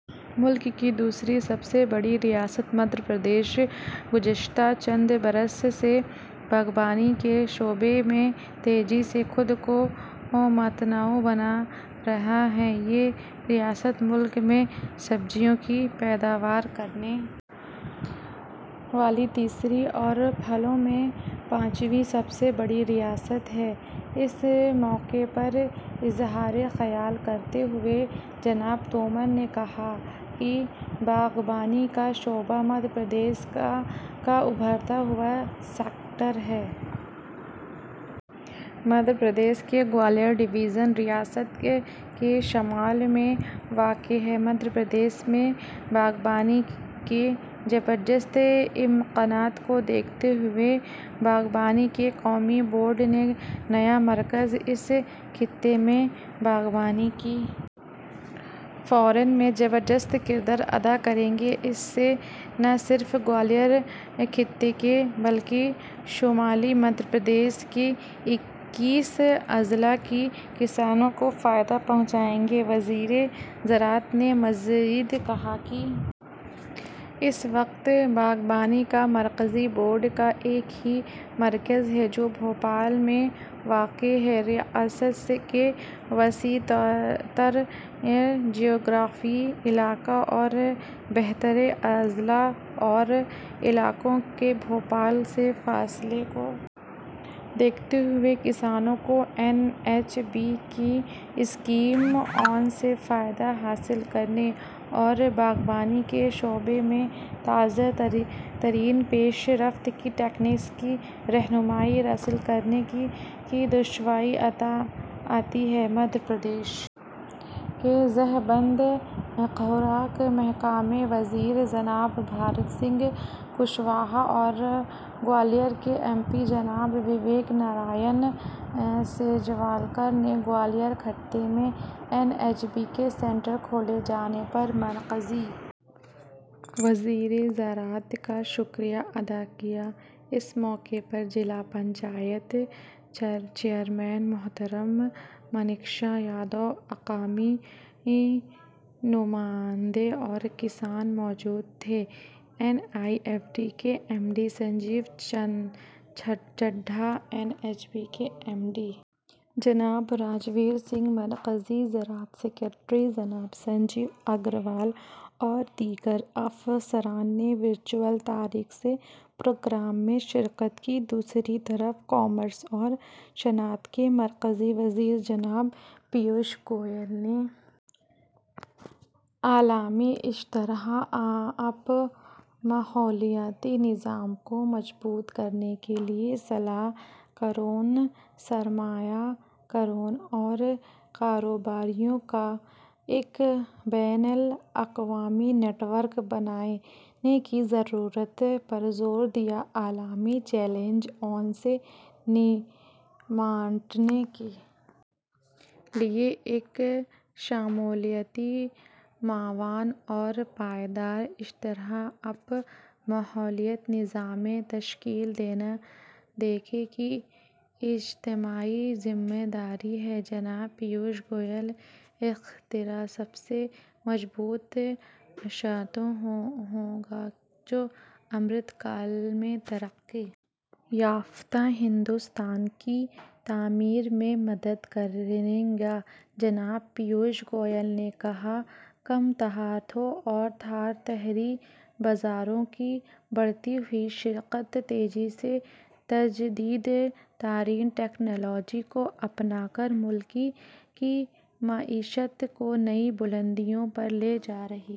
ملک کی دوسری سب سے بڑی ریاست مدھیہ پردیش گزشتہ چند برس سے باغبانی کے شعبے میں تیزی سے خود کو متنوع بنا رہی ہے یہ ریاست ملک میں سبزیوں کی پیداوار کرنے والی تیسری اور پھلوں میں پانچویں سب سے بڑی ریاست ہے اس موقع پر اظہار خیال کرتے ہوئے جناب تومر نے کہا کہ باغبانی کا شعبہ مدھیہ پردیش کا ابھرتا ہوا سیکٹر ہے مدھیہ پردیش کا گوالیر ڈویژن ریاست کے شمال میں واقع ہے مدھیہ پردیش میں باغبانی کے زبردست امکانات کو دیکھتے ہوئے باغبانی کے قومی بورڈ کا نیا مرکز اس خطے میں باغبانی کے فروغ میں زبردست کردار ادا کرے گا اس سے نہ صرف گوالیر خطے کے بلکہ شمالی مدھیہ پردیش کے اکیس اضلاع کے کسانوں کو فائدہ پہنچے گا وزیر زراعت نے مزید کہا کہ اس وقت باغبانی کے مرکزی بورڈ کا ایک ہی مرکز ہے جو بھوپال میں واقع ہے ریاست کے وسیع تر جغرافیائی علاقے اور بہت سے اضلاع اور علاقوں کے بھوپال سے فاصلے کو دیکھتے ہوئے کسانوں کو این ایچ بی کی اسکیموں سے فائدہ حاصل کرنے اور باغبانی کے شعبے میں تازہ ترین پیش رفت کی تکنیکی رہنمائی حاصل کرنے میں دشواری آتی ہے مدھیہ پردیش کے ڈبہ بند خوراک محکمے کے وزیر جناب بھرت سنگھ کشواہا اور گوالیر کے ایم پی جناب وویک نرائن شیجوالکر نے گوالیر خطے میں این ایچ بی کا سینٹر کھولے جانے پر مرکزی وزیر زراعت کا شکریہ ادا کیا اس موقع پر ضلع پنچایت چیئرمین محترمہ منیشا یادو مقامی نمائندے اور کسان موجود تھے نیفڈ کے M D Sanjeev Chadha N H B کے ایم ڈی جناب راج بیر سنگھ مرکزی زراعت سکریٹری جناب سنجے اگروال اور دیگر افسران نے ورچوئل طریقے سے پروگرام میں شرکت کی دوسری طرف کامرس اور صنعت کے مرکزی وزیر جناب پیوش گوئل نے عالمی اسٹارٹ اپ ماحولیاتی نظام کو مضبوط کرنے کے لیے صلاح کاروں سرمایہ کاروں اور کاروباریوں کا ایک بین الاقوامی نیٹ ورک بنانے کی ضرورت پر زور دیا عالمی چیلنجوں سے نمٹنے کے لیے ایک شمولیاتی معاون اور پائیدار اسٹارٹ اپ ماحولیاتی نظام تشکیل دینا دنیا کی اجتماعی ذمہ داری ہے جناب پیوش گوئل اختراع سب سے مضبوط ستون ہو گا جو امرت کال میں ترقی یافتہ ہندوستان کی تعمیر میں مدد کرے گا جناب پیوش گوئل نے کہا کہ ٹائر ٹو اور ٹائر تھری بازاروں کی بڑھتی ہوئی شرکت تیزی سے جدید ترین ٹیکنالوجی کو اپنا کر ملکی معیشت کو نئی بلندیوں پر لے جا رہی ہے